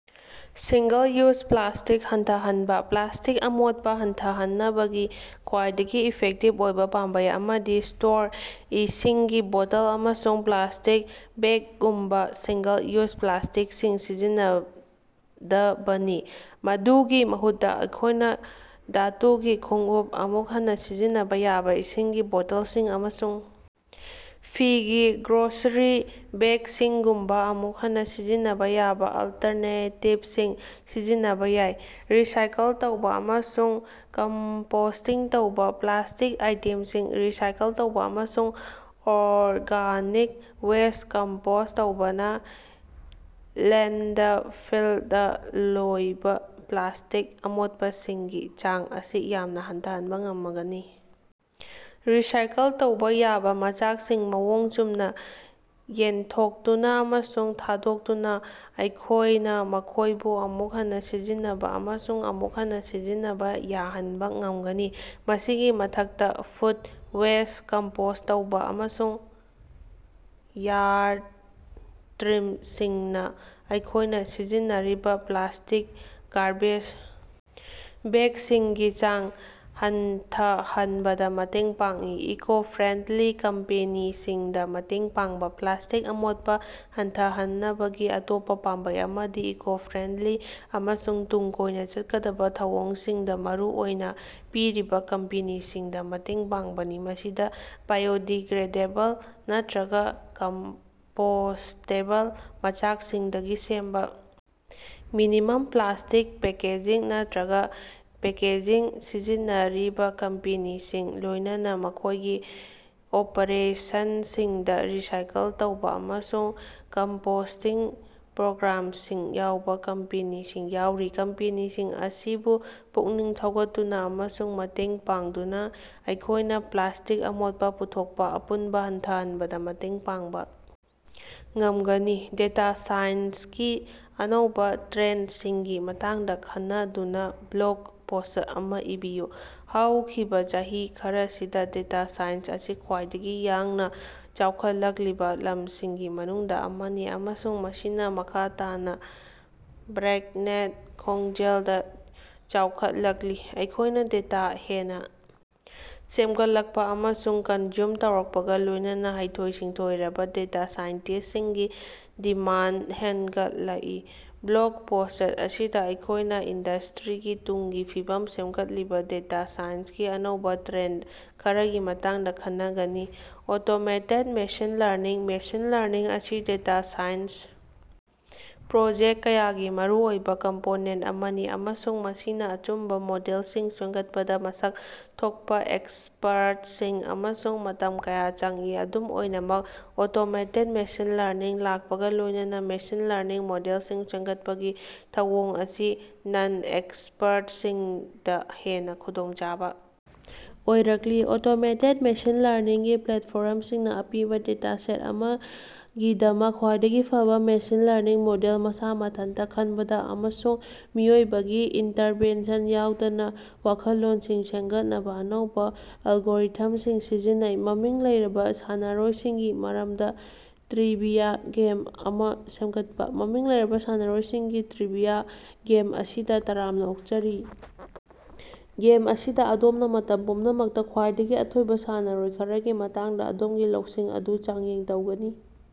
Single-use plastic ꯍꯟꯊꯍꯟꯕꯥ: plastic ꯑꯃꯣꯠꯄꯥ ꯍꯟꯊꯍꯟꯅꯕꯒꯤ ꯈ꯭ꯋꯥꯏꯗꯒꯤ ꯏꯐꯦꯛꯇꯤꯕ ꯑꯣꯏꯕ ꯄꯥꯝꯕꯩ ꯑꯃꯗꯤ ꯁ꯭ꯇꯔꯣ, ꯏꯁꯤꯡꯒꯤ ꯕꯣꯇꯜ, ꯑꯃꯁꯨꯡ ꯄ꯭ꯂꯥꯁ꯭ꯇꯤꯛ ꯕꯦꯒꯒꯨꯝꯕꯥ ꯁꯤꯡꯒꯜ ꯌꯨꯖ ꯄ꯭ꯂꯥꯁ꯭ꯇꯤꯛꯁꯤꯡ ꯁꯤꯖꯤꯟꯅꯗꯕꯅꯤ꯫ ꯃꯗꯨꯒꯤ ꯃꯍꯨꯠꯇ ꯑꯩꯈꯣꯏꯅ ꯙꯥꯇꯨꯒꯤ ꯈꯣꯡꯎꯞ, ꯑꯃꯨꯛ ꯍꯟꯅ ꯁꯤꯖꯤꯟꯅꯕ ꯌꯥꯕ ꯏꯁꯤꯡꯒꯤ ꯕꯣꯇꯜꯁꯤꯡ, ꯑꯃꯁꯨꯡ ꯐꯤꯒꯤ ꯒ꯭ꯔꯣꯁꯔꯤ ꯕꯦꯒꯁꯤꯡꯒꯨꯝꯕ ꯑꯃꯨꯛ ꯍꯟꯅ ꯁꯤꯖꯤꯟꯅꯕ ꯌꯥꯕ ꯑꯜꯇꯔꯅꯦꯇꯤꯕꯁꯤꯡ ꯁꯤꯖꯤꯟꯅꯕ ꯌꯥꯏ꯫ ꯔꯤꯁꯥꯏꯀꯜ ꯇꯧꯕ ꯑꯃꯁꯨꯡ ꯀꯝꯄꯣꯁ꯭ꯇꯤꯡ ꯇꯧꯕ: ꯄ꯭ꯂꯥꯁ꯭ꯇꯤꯛ ꯑꯥꯏꯇꯦꯝꯁꯤꯡ ꯔꯤꯁꯥꯏꯀꯜ ꯇꯧꯕ ꯑꯃꯁꯨꯡ ꯑꯣꯔꯒꯥꯅꯤꯛ ꯋꯦꯁ꯭ꯠ ꯀꯝꯄꯣꯁ꯭ꯠ ꯇꯧꯕꯅ ꯂꯦꯟꯗꯐꯤꯜꯗꯥ ꯂꯣꯏꯕꯥ ꯄ꯭ꯂꯥꯁ꯭ꯇꯤꯛ ꯑꯃꯣꯠꯄꯁꯤꯡꯒꯤ ꯆꯥꯡ ꯑꯁꯤ ꯌꯥꯝꯅ ꯍꯟꯊꯍꯟꯕ ꯉꯃꯒꯅꯤ꯫ ꯔꯤꯁꯥꯏꯀꯜ ꯇꯧꯕ ꯌꯥꯕꯥ ꯃꯆꯥꯛꯁꯤꯡ ꯃꯑꯣꯡ ꯆꯨꯝꯅ ꯌꯦꯟꯊꯣꯛꯇꯨꯅ ꯑꯃꯁꯨꯡ ꯊꯥꯗꯣꯛꯇꯨꯅ ꯑꯩꯈꯣꯏꯅ ꯃꯈꯣꯏꯕꯨ ꯑꯃꯨꯛ ꯍꯟꯅ ꯁꯤꯖꯤꯟꯅꯕ ꯑꯃꯁꯨꯡ ꯑꯃꯨꯛ ꯍꯟꯅ ꯁꯤꯖꯤꯟꯅꯕ ꯌꯥꯍꯟꯕ ꯉꯝꯒꯅꯤ꯫ ꯃꯁꯤꯒꯤ ꯃꯊꯛꯇꯥ, ꯐꯨꯗ ꯋꯦꯁ꯭ꯠ ꯀꯝꯄꯣꯁ꯭ꯠ ꯇꯧꯕꯥ ꯑꯃꯁꯨꯡ ꯌꯥꯔꯗ ꯇ꯭ꯔꯤꯝꯁꯤꯡꯅ ꯑꯩꯈꯣꯏꯅ ꯁꯤꯖꯤꯟꯅꯔꯤꯕ ꯄ꯭ꯂꯥꯁ꯭ꯇꯤꯛ ꯒꯥꯔꯕꯦꯖ ꯕꯦꯒꯁꯤꯡꯒꯤ ꯆꯥꯡ ꯍꯟꯊꯍꯟꯕꯗ ꯃꯇꯦꯡ ꯄꯥꯡꯏ꯫ ꯏꯀꯣ-ꯐ꯭ꯔꯦꯟꯗꯂꯤ ꯀꯝꯄꯦꯅꯤꯁꯤꯡꯗ ꯃꯇꯦꯡ ꯄꯥꯡꯕꯥ: ꯄ꯭ꯂꯥꯁ꯭ꯇꯤꯛ ꯑꯃꯣꯠꯄꯥ ꯍꯟꯊꯍꯟꯅꯕꯒꯤ ꯑꯇꯣꯞꯄꯥ ꯄꯥꯝꯕꯩ ꯑꯃꯗꯤ ꯏꯀꯣ-ꯐ꯭ꯔꯦꯟꯗꯂꯤ ꯑꯃꯁꯨꯡ ꯇꯨꯡ ꯀꯣꯏꯅ ꯆꯠꯀꯗꯕꯥ ꯊꯧꯑꯣꯡꯁꯤꯡꯗ ꯃꯔꯨ ꯑꯣꯏꯕ ꯄꯤꯔꯤꯕꯥ ꯀꯝꯄꯦꯅꯤꯁꯤꯡꯗꯥ ꯃꯇꯦꯡ ꯄꯥꯡꯕꯅꯤ꯫ ꯃꯁꯤꯗ ꯕꯥꯏꯑꯣꯗꯤꯒ꯭ꯔꯦꯗꯦꯕꯜ ꯅꯠꯇꯔꯒ ꯀꯝꯄꯣꯁ꯭ꯇꯦꯕꯜ ꯃꯆꯥꯛꯁꯤꯡꯗꯒꯤ ꯁꯦꯝꯕ ꯃꯤꯅꯤꯃꯝ ꯄ꯭ꯂꯥꯁ꯭ꯇꯤꯛ ꯄꯦꯀꯦꯖꯤꯡ ꯅꯠꯇꯔꯒ ꯄꯦꯀꯦꯖꯤꯡ ꯁꯤꯖꯤꯟꯅꯔꯤꯕꯥ ꯀꯝꯄꯦꯅꯤꯁꯤꯡ, ꯂꯣꯏꯅꯅꯥ ꯃꯈꯣꯏꯒꯤ ꯑꯣꯄꯔꯦꯁꯟꯁꯤꯡꯗ ꯔꯤꯁꯥꯏꯀꯜ ꯇꯧꯕ ꯑꯃꯁꯨꯡ ꯀꯝꯄꯣꯁ꯭ꯇꯤꯡ ꯄ꯭ꯔꯣꯒ꯭ꯔꯥꯝꯁꯤꯡ ꯌꯥꯎꯕ ꯀꯝꯄꯦꯅꯤꯁꯤꯡ ꯌꯥꯎꯔꯤ꯫ ꯀꯝꯄꯦꯅꯤꯁꯤꯡ ꯑꯁꯤꯕꯨ ꯄꯨꯛꯅꯤꯡ ꯊꯧꯒꯠꯇꯨꯅ ꯑꯃꯁꯨꯡ ꯃꯇꯦꯡ ꯄꯥꯡꯗꯨꯅ ꯑꯩꯈꯣꯏꯅꯥ ꯄ꯭ꯂꯥꯁ꯭ꯇꯤꯛ ꯑꯃꯣꯠꯄꯥ ꯄꯨꯊꯣꯛꯄ ꯑꯄꯨꯟꯕ ꯍꯟꯊꯍꯟꯕꯗꯥ ꯃꯇꯦꯡ ꯄꯥꯡꯕ ꯉꯝꯒꯅꯤ꯫ ꯗꯦꯇꯥ ꯁꯥꯏꯟꯁꯀꯤ ꯑꯅꯧꯕꯥ ꯇ꯭ꯔꯦꯟꯗꯁꯤꯡꯒꯤ ꯃꯇꯥꯡꯗ ꯈꯟꯅꯗꯨꯅ ꯕ꯭ꯂꯣꯒ ꯄꯣꯁ꯭ꯠ ꯑꯃꯥ ꯏꯕꯤꯌꯨ꯫ ꯍꯧꯈꯤꯕꯥ ꯆꯍꯤ ꯈꯔꯁꯤꯗꯥ ꯗꯦꯇꯥ ꯁꯥꯏꯟꯁ ꯑꯁꯤ ꯈ꯭ꯋꯥꯏꯗꯒꯤ ꯌꯥꯡꯅ ꯆꯥꯎꯈꯠꯂꯛꯂꯤꯕꯥ ꯂꯝꯁꯤꯡꯒꯤ ꯃꯅꯨꯡꯗꯥ ꯑꯃꯅꯤ, ꯑꯃꯁꯨꯡ ꯃꯁꯤꯅꯥ ꯃꯈꯥ ꯇꯥꯅꯥ ꯕ꯭ꯔꯦꯛꯅꯦꯛ ꯈꯣꯡꯖꯦꯜꯗ ꯆꯥꯎꯈꯠꯂꯛꯂꯤ꯫ ꯑꯩꯈꯣꯏꯅ ꯗꯦꯇꯥ ꯍꯦꯟꯅꯥ ꯁꯦꯝꯒꯠꯂꯛꯄꯥ ꯑꯃꯁꯨꯡ ꯀꯟꯖ꯭ꯌꯨꯝ ꯇꯧꯔꯛꯄꯒ ꯂꯣꯏꯅꯅꯥ ꯍꯩꯊꯣꯏ-ꯁꯤꯡꯊꯣꯏꯔꯕ ꯗꯦꯇꯥ ꯁꯥꯏꯟꯇꯤꯁ꯭ꯁꯤꯡꯒꯤ ꯗꯤꯃꯥꯟꯗ ꯍ‌ꯦꯟꯒꯠꯂꯛꯏ꯫ ꯕ꯭ꯂꯣꯒ ꯄꯣꯁ꯭ꯠ ꯑꯁꯤꯗ ꯑꯩꯈꯣꯏꯅꯥ ꯏꯟꯗꯁ꯭ꯇꯔꯤꯒꯤ ꯇꯨꯡꯒꯤ ꯐꯤꯕꯝ ꯁꯦꯝꯒꯠꯂꯤꯕꯥ ꯗꯦꯇꯥ ꯁꯥꯏꯟꯁꯀꯤ ꯑꯅꯧꯕꯥ ꯇ꯭ꯔꯦꯟꯗ ꯈꯔꯒꯤ ꯃꯇꯥꯡꯗꯥ ꯈꯟꯅꯒꯅꯤ꯫ Automated machine learning: machine learning ꯑꯁꯤ ꯗꯦꯇꯥ ꯁꯥꯏꯟꯁ ꯄ꯭ꯔꯣꯖꯦꯛ ꯀꯌꯥꯒꯤ ꯃꯔꯨꯑꯣꯏꯕ ꯀꯝꯄꯣꯅꯦꯟꯇ ꯑꯃꯅꯤ, ꯑꯃꯁꯨꯡ ꯃꯁꯤꯅ ꯑꯆꯨꯝꯕꯥ ꯃꯣꯗꯦꯜꯁꯤꯡ ꯁꯦꯝꯒꯠꯄꯗ ꯃꯁꯛ ꯊꯣꯛꯄꯥ ꯑꯦꯛꯁꯄꯔꯠꯁꯤꯡ ꯑꯃꯁꯨꯡ ꯃꯇꯝ ꯀꯌꯥ ꯆꯪꯏ꯫ ꯑꯗꯨꯝ ꯑꯣꯏꯅꯃꯛ ꯑꯣꯇꯣꯃꯦꯇꯦꯗ ꯃꯦꯁꯤꯟ ꯂꯔꯅꯤꯡ ꯂꯥꯛꯄꯒꯥ ꯂꯣꯏꯅꯅꯥ ꯃꯦꯁꯤꯟ ꯂꯔꯅꯤꯡ ꯃꯣꯗꯦꯜꯁꯤꯡ ꯁꯦꯝꯒꯠꯄꯒꯤ ꯊꯧꯑꯣꯡ ꯑꯁꯤ ꯅꯟ-ꯑꯦꯛꯁꯄꯔꯠꯁꯤꯡꯗꯥ ꯍꯦꯟꯅ ꯈꯨꯗꯣꯡꯆꯥꯕ ꯑꯣꯏꯔꯛꯂꯤ꯫ ꯑꯣꯇꯣꯃꯦꯇꯦꯗ ꯃꯦꯁꯤꯟ ꯂꯔꯅꯤꯡꯒꯤ ꯄ꯭ꯂꯦꯠꯐꯣꯔꯝꯁꯤꯡꯅ ꯑꯄꯤꯕꯥ ꯗꯦꯇꯥꯁꯦꯠ ꯑꯃꯒꯤꯗꯃꯛ ꯈ꯭ꯋꯥꯏꯗꯒꯤ ꯐꯕꯥ ꯃꯦꯁꯤꯟ ꯂꯔꯅꯤꯡ ꯃꯣꯗꯦꯜ ꯃꯁꯥ ꯃꯊꯟꯇꯥ ꯈꯟꯕꯗꯥ ꯑꯃꯁꯨꯡ ꯃꯤꯑꯣꯏꯕꯒꯤ ꯏꯟꯇꯔꯚꯦꯟꯁꯟ ꯌꯥꯎꯗꯅꯥ ꯋꯥꯈꯜꯂꯣꯟꯁꯤꯡ ꯁꯦꯝꯒꯠꯅꯕ ꯑꯅꯧꯕꯥ ꯑꯦꯜꯒꯣꯔꯤꯊꯝꯁꯤꯡ ꯁꯤꯖꯤꯟꯅꯩ꯫ ꯃꯃꯤꯡ ꯂꯩꯔꯕ ꯁꯥꯟꯅꯔꯣꯏꯁꯤꯡꯒꯤ ꯃꯔꯝꯗꯥ ꯇ꯭ꯔꯤꯕꯤꯌꯥ ꯒꯦꯝ ꯑꯃꯥ ꯁꯦꯝꯒꯠꯄꯥ꯫ ꯃꯃꯤꯡ ꯂꯩꯔꯕꯥ ꯁꯥꯟꯅꯔꯣꯏꯁꯤꯡꯒꯤ ꯇ꯭ꯔꯤꯕꯤꯌꯥ ꯒꯦꯝ ꯑꯁꯤꯗꯥ ꯇꯔꯥꯝꯅꯥ ꯑꯣꯛꯆꯔꯤ! ꯒꯦꯝ ꯑꯁꯤꯗꯥ ꯑꯗꯣꯝꯅ ꯃꯇꯝ ꯄꯨꯝꯅꯃꯛꯇꯥ ꯈ꯭ꯋꯥꯏꯗꯒꯤ ꯑꯊꯣꯏꯕ ꯁꯥꯟꯅꯔꯣꯏ ꯈꯔꯒꯤ ꯃꯇꯥꯡꯗꯥ ꯑꯗꯣꯝꯒꯤ ꯂꯧꯁꯤꯡ ꯑꯗꯨ ꯆꯥꯡꯌꯦꯡ ꯇꯧꯒꯅꯤ꯫